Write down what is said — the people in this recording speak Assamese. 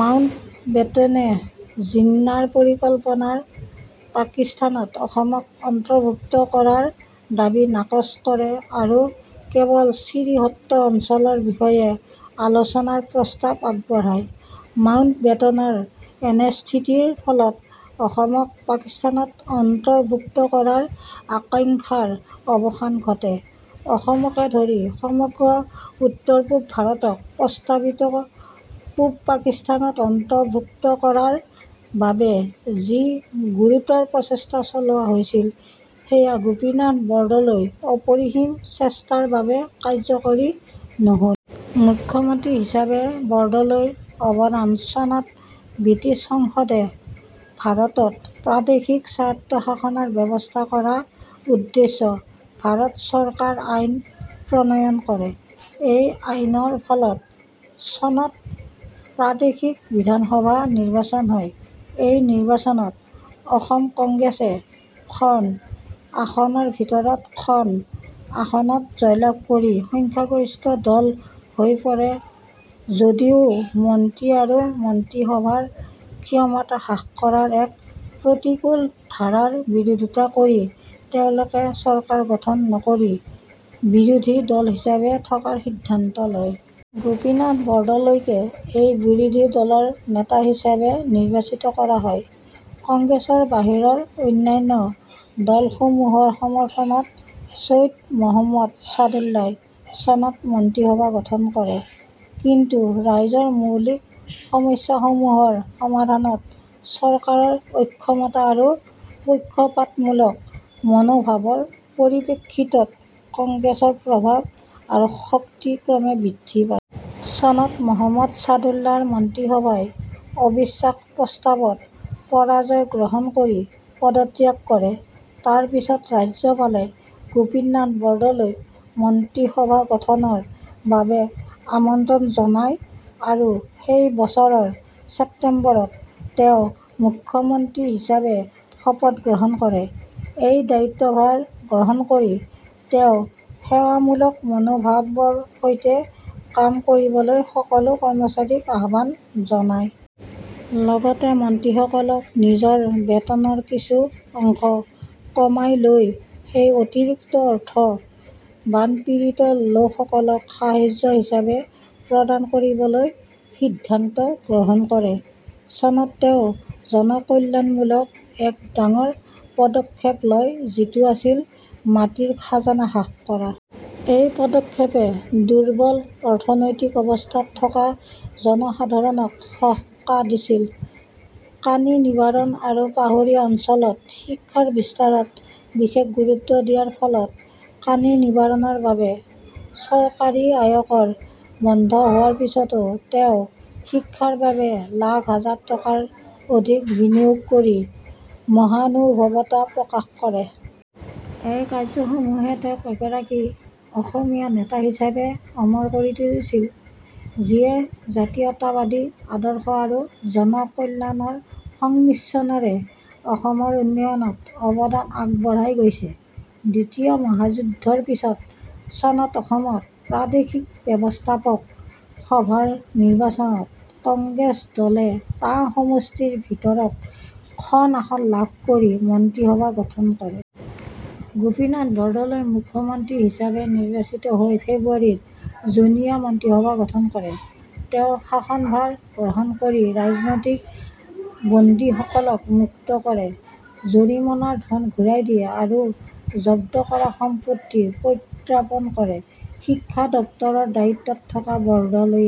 মাউণ্টবেটেনে জিন্নাৰ পৰিকল্পনাৰ পাকিস্তানত অসমক অন্তৰ্ভুক্তি কৰাৰ দাবী নাকচ কৰে আৰু কেৱল শ্ৰীহট্ট অঞ্চলৰ বিষয়ে আলোচনাৰ প্ৰস্তাৱ আগবঢ়ায়। মাউণ্টবেটেনৰ এনে স্থিতিৰ ফলত অসমক পাকিস্তানত অন্তৰ্ভুক্ত কৰাৰ আশংকাৰ অৱসান ঘটে। অসমকে ধৰি সমগ্ৰ উত্তৰ-পূব ভাৰতক প্ৰস্তাৱিত পূব পাকিস্তানত অন্তৰ্ভুক্ত কৰাৰ বাবে যি গুৰুতৰ প্ৰচেষ্টা চলোৱা হৈছিল; সেয়া গোপীনাথ বৰদলৈৰ অপৰিসীম চেষ্টাৰ বাবে কাৰ্যকৰী নহ'ল। মুখ্যমন্ত্ৰী হিচাপে বৰদলৈৰ অৱদান চনত ব্ৰিটিছ সংসদে ভাৰতত প্ৰাদেশিক স্বায়ত্তশাসনৰ ব্যৱস্থা কৰা উদ্দেশ্য ভাৰত চৰকাৰ আইন প্ৰণয়ন কৰে। এই আইনৰ ফলত চনত প্ৰাদেশিক বিধানসভা নিৰ্বাচন হয়। এই নিৰ্বাচনত অসম কংগ্ৰেছে খন আসনৰ ভিতৰত খন আসনত জয়লাভ কৰি সংখ্যাগৰিষ্ঠ দল হৈ পৰে, যদিও মন্ত্ৰী আৰু মন্ত্ৰীসভাৰ ক্ষমতা হ্ৰাস কৰাৰ এক প্ৰতিকূল ধাৰাৰ বিৰোধিতা কৰি তেওঁলোকে চৰকাৰ গঠন নকৰি বিৰোধী দল হিচাপে থকাৰ সিদ্ধান্ত লয়। গোপীনাথ বৰদলৈকে এই বিৰোধী দলৰ নেতা হিচাপে নিৰ্বাচিত কৰা হয়। কংগ্ৰেছৰ বাহিৰৰ অন্যান্য দলসমূহৰ সমৰ্থনত ছৈয়দ মহম্মদ ছাদুল্লাই চনত মন্ত্ৰীসভা গঠন কৰে। কিন্তু ৰাইজৰ মৌলিক সমস্যাসমূহৰ সমাধানত চৰকাৰৰ অক্ষমতা আৰু পক্ষপাতমূলক মনোভাৱৰ পৰিপ্ৰেক্ষিতত কংগ্ৰেছৰ প্ৰভাৱ আৰু শক্তি ক্ৰমে বৃদ্ধি পায়। চনত মহম্মদ ছাদুল্লাৰ মন্ত্ৰীসভাই অবিশ্বাস প্ৰস্তাৱত পৰাজয় গ্ৰহণ কৰি পদত্যাগ কৰে। তাৰ পিছত ৰাজ্যপালে গোপীনাথ বৰদলৈক মন্ত্ৰীসভা গঠনৰ বাবে আমন্ত্ৰণ জনায় আৰু সেই বছৰৰ ছেপ্তেম্বৰত তেওঁ মুখ্যমন্ত্ৰী হিচাপে শপত গ্ৰহণ কৰে। এই দায়িত্বভাৰ গ্ৰহণ কৰি তেওঁ সেৱামূলক মনোভাৱৰ সৈতে কাম কৰিবলৈ সকলো কৰ্মচাৰীক আহ্বান জনায়। লগতে মন্ত্ৰীসকলক নিজৰ বেতনৰ কিছু অংশ কমাই লৈ সেই অতিৰিক্ত অৰ্থ বানপীড়িত লোকসকলক সাহায্য হিচাপে প্ৰদান কৰিবলৈ সিদ্ধান্ত গ্ৰহণ কৰে। চনত তেওঁ জনকল্যাণমূলক এক ডাঙৰ পদক্ষেপ লয় যিটো আছিল মাটিৰ খাজনা হ্ৰাস কৰা। এই পদক্ষেপে দুৰ্বল অৰ্থনৈতিক অৱস্থাত থকা জনসাধাৰণক সকাহ দিছিল। কানি নিবাৰণ আৰু পাহাৰীয়া অঞ্চলত শিক্ষাৰ বিস্তাৰত বিশেষ গুৰুত্ব দিয়াৰ ফলত কানি নিবাৰণৰ বাবে চৰকাৰী আয়কৰ বন্ধ হোৱাৰ পিছতো তেওঁ শিক্ষাৰ বাবে লাখ হাজাৰ টকাৰ অধিক বিনিয়োগ কৰি মহানুভৱতা প্ৰকাশ কৰে। এই কাৰ্যসমূহে তেওঁক এগৰাকী অসমীয়া নেতা হিচাপে অমৰ কৰি তুলিছিল, যিয়ে জাতীয়তাবাদী আদৰ্শ আৰু জনকল্যাণৰ সংমিশ্ৰণেৰে অসমৰ উন্নয়নত অৱদান আগবঢ়াই গৈছে। দ্বিতীয় মহাযুদ্ধৰ পিছত চনত অসমত প্ৰাদেশিক ব্যৱস্থাপক সভাৰ নিৰ্বাচনত কংগ্ৰেছ দলে টা সমষ্টিৰ ভিতৰত খন আসন লাভ কৰি মন্ত্ৰীসভা গঠন কৰে। গোপীনাথ বৰদলৈ মুখ্যমন্ত্ৰী হিচাপে নিৰ্বাচিত হৈ ফেব্ৰুৱাৰীত জনীয়া মন্ত্ৰীসভা গঠন কৰে। তেওঁ শাসনভাৰ গ্ৰহণ কৰি ৰাজনৈতিক বন্দীসকলক মুক্ত কৰে, জৰিমনাৰ ধন ঘূৰাই দিয়ে আৰু জব্দ কৰা সম্পত্তি প্ৰত্যাৰ্পণ কৰে। শিক্ষা দপ্তৰৰ দায়িত্বত থকা বৰদলৈয়ে